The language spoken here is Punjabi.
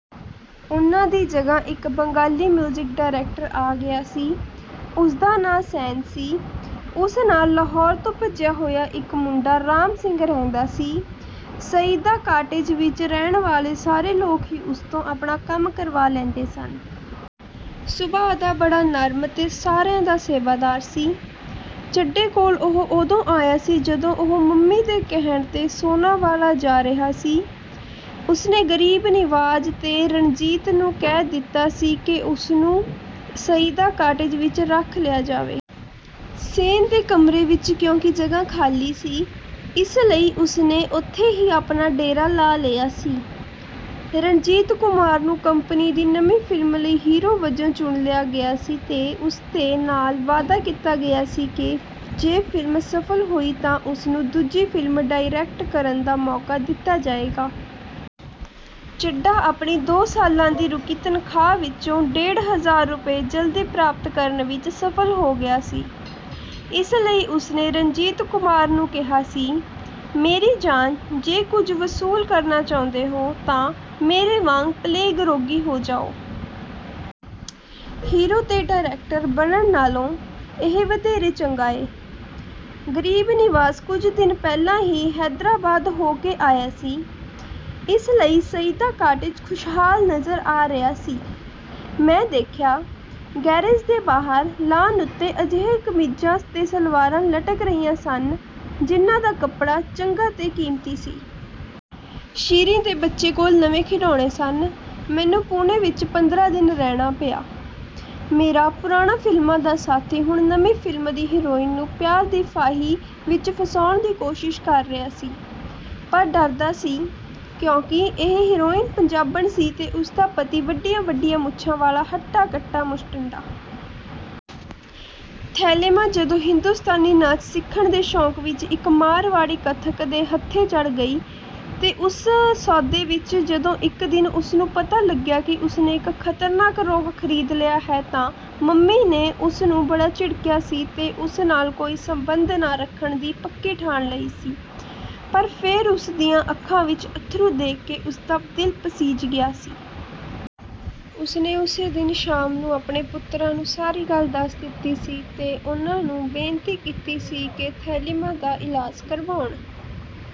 ਉਹਨਾਂ ਦੀ ਜਗ੍ਹਾ ਇਕ ਬੰਗਾਲੀ ਮਿਊਜ਼ਿਕ ਡਾਇਰੈਕਟਰ ਆ ਗਿਆ ਸੀ। ਉਸਦਾ ਨਾਂਅ ਸੈਨ ਸੀ। ਉਸ ਨਾਲ ਲਾਹੌਰ ਤੋਂ ਭੱਜਿਆ ਹੋਇਆ ਇਕ ਮੁੰਡਾ ਰਾਮ ਸਿੰਘ ਰਹਿੰਦਾ ਸੀ। ਸਈਦਾ ਕਾਟੇਜ ਵਿਚ ਰਹਿਣ ਵਾਲੇ ਸਾਰੇ ਲੋਕ ਹੀ ਉਸ ਤੋਂ ਆਪਣੇ ਕੰਮ ਕਰਵਾ ਲੈਂਦੇ ਸਨ। ਸੁਭਾਅ ਦਾ ਬੜਾ ਨਰਮ ਤੇ ਸਾਰਿਆਂ ਦਾ ਸੇਵਾਦਾਰ ਸੀ। ਚੱਡੇ ਕੋਲ ਉਹ ਉਦੋਂ ਆਇਆ ਸੀ ਜਦੋਂ ਉਹ ਮੰਮੀ ਦੇ ਕਹਿਣ 'ਤੇ ਸੋਨਾਵਾਲਾ ਜਾ ਰਿਹਾ ਸੀ। ਉਸਨੇ ਗਰੀਬ ਨਿਵਾਜ਼ ਤੇ ਰਣਜੀਤ ਨੂੰ ਕਹਿ ਦਿੱਤਾ ਸੀ ਕਿ ਉਸਨੂੰ ਸਈਦਾ ਕਾਟੇਜ ਵਿਚ ਰੱਖ ਲਿਆ ਜਾਵੇ। ਸੇਨ ਦੇ ਕਮਰੇ ਵਿਚ ਕਿਉਂਕਿ ਜਗ੍ਹਾ ਖਾਲੀ ਸੀ, ਇਸ ਲਈ ਉਸਨੇ ਉੱਥੇ ਹੀ ਆਪਣਾ ਡੇਰਾ ਲਾ ਲਿਆ ਸੀ। ਰਣਜੀਤ ਕੁਮਾਰ ਨੂੰ ਕੰਪਨੀ ਦੀ ਨਵੀਂ ਫ਼ਿਲਮ ਲਈ ਹੀਰੋ ਵਜੋਂ ਚੁਣ ਲਿਆ ਗਿਆ ਸੀ ਤੇ ਉਸ ਦੇ ਨਾਲ ਵਾਅਦਾ ਕੀਤਾ ਗਿਆ ਸੀ ਕਿ ਜੇ ਫਿਲਮ ਸਫਲ ਹੋਈ ਤਾਂ ਉਸਨੂੰ ਦੂਜੀ ਫਿਲਮ ਡਾਇਰੈਕਟ ਕਰਨ ਦਾ ਮੌਕਾ ਦਿੱਤਾ ਜਾਏਗਾ। ਚੱਡਾ ਆਪਣੀ ਦੋ ਸਾਲਾਂ ਦੀ ਰੁਕੀ ਤਨਖ਼ਾਹ ਵਿਚੋਂ ਡੇਢ ਹਜ਼ਾਰ ਰੁਪਏ ਜਲਦੀ ਪ੍ਰਾਪਤ ਕਰਨ ਵਿਚ ਸਫਲ ਹੋ ਗਿਆ ਸੀ, ਇਸ ਲਈ ਉਸਨੇ ਰਣਜੀਤ ਕੁਮਾਰ ਨੂੰ ਕਿਹਾ ਸੀ, "ਮੇਰੀ ਜਾਨ, ਜੇ ਕੁਝ ਵਸੂਲ ਕਰਨਾ ਚਾਹੁੰਦੇ ਹੋ ਤਾਂ ਮੇਰੇ ਵਾਂਗ 'ਪਲੇਗ-ਰੋਗੀ' ਹੋ ਜਾਓ। ਹੀਰੋ ਤੇ ਡਾਇਰੈਕਟਰ ਬਣਨ ਨਾਲੋਂ, ਇਹ ਵਧੇਰੇ ਚੰਗਾ ਏ। " ਗਰੀਬ ਨਿਵਾਜ ਕੁਝ ਦਿਨ ਪਹਿਲਾਂ ਹੀ ਹੈਦਰਾਬਾਦ ਹੋ ਕੇ ਆਇਆ ਸੀ, ਇਸ ਲਈ ਸਈਦਾ ਕਾਟੇਜ ਖੁਸ਼ਹਾਲ ਨਜ਼ਰ ਆ ਰਿਹਾ ਸੀ। ਮੈਂ ਦੇਖਿਆ, ਗੈਰੇਜ ਦੇ ਬਾਹਰ ਲਾਅਨ ਉੱਤੇ ਅਜਿਹੀਆਂ ਕਮੀਜ਼ਾਂ ਤੇ ਸਲਵਾਰਾਂ ਲਟਕ ਰਹੀਆਂ ਸਨ, ਜਿਹਨਾਂ ਦਾ ਕੱਪੜਾ ਚੰਗਾ ਤੇ ਕੀਮਤੀ ਸੀ। ਸ਼ੀਰੀਂ ਦੇ ਬੱਚੇ ਕੋਲ ਨਵੇਂ ਖਿਡੌਣੇ ਸਨ। ਮੈਨੂੰ ਪੂਨੇ ਵਿਚ ਪੰਦਰਾਂ ਦਿਨ ਰਹਿਣਾ ਪਿਆ। ਮੇਰਾ ਪੁਰਾਣਾ ਫਿਲਮਾਂ ਦਾ ਸਾਥੀ ਹੁਣ ਨਵੀਂ ਫ਼ਿਲਮ ਦੀ ਹੀਰੋਇਨ ਨੂੰ ਪਿਆਰ ਦੀ ਫਾਹੀ ਵਿਚ ਫਸਾਉਣ ਦੀ ਕੋਸ਼ਿਸ਼ ਕਰ ਰਿਹਾ ਸੀ, ਪਰ ਡਰਦਾ ਸੀ, ਕਿਉਂਕਿ ਇਹ ਹੀਰੋਇਨ ਪੰਜਾਬਣ ਸੀ ਤੇ ਉਸਦਾ ਪਤੀ ਵੱਡੀਆਂ-ਵੱਡੀਆਂ ਮੁੱਛਾਂ ਵਾਲਾ ਹੱਟਾ-ਕੱਟਾ ਮੁਸ਼ਟੰਡਾ। ਥੈਲਿਮਾ ਜਦੋਂ ਹਿੰਦੁਸਤਾਨੀ ਨਾਚ ਸਿੱਖਣ ਦੇ ਸ਼ੌਕ ਵਿਚ ਇਕ ਮਾਰਵਾੜੀ ਕਥਕ ਦੇ ਹੱਥੇ ਚੜ੍ਹ ਗਈ, ਤੇ ਉਸ ਸੌਦੇ ਵਿਚ ਜਦੋਂ ਇਕ ਦਿਨ ਉਸਨੂੰ ਪਤਾ ਲੱਗਿਆ ਕਿ ਉਸਨੇ ਇਕ ਖਤਰਨਾਕ ਰੋਗ ਖਰੀਦ ਲਿਆ ਹੈ ਤਾਂ ਮੰਮੀ ਨੇ ਉਸਨੂੰ ਬੜਾ ਝਿੜਕਿਆ ਸੀ ਤੇ ਉਸ ਨਾਲ ਕੋਈ ਸੰਬੰਧ ਨਾ ਰੱਖਣ ਦੀ ਪੱਕੀ ਠਾਣ ਲਈ ਸੀ, ਪਰ ਫੇਰ ਉਸ ਦੀਆਂ ਅੱਖਾਂ ਵਿਚ ਅੱਥਰੂ ਦੇਖ ਕੇ ਉਸਦਾ ਦਿਲ ਪਸੀਜ ਗਿਆ ਸੀ। ਉਸਨੇ ਉਸੇ ਦਿਨ ਸ਼ਾਮ ਨੂੰ ਆਪਣੇ ਪੁੱਤਰਾਂ ਨੂੰ ਸਾਰੀ ਗੱਲ ਦੱਸ ਦਿੱਤੀ ਸੀ ਤੇ ਉਹਨਾਂ ਨੂੰ ਬੇਨਤੀ ਕੀਤੀ ਸੀ ਕਿ ਥੈਲਿਮਾ ਦਾ ਇਲਾਜ਼ ਕਰਵਾਉਣ।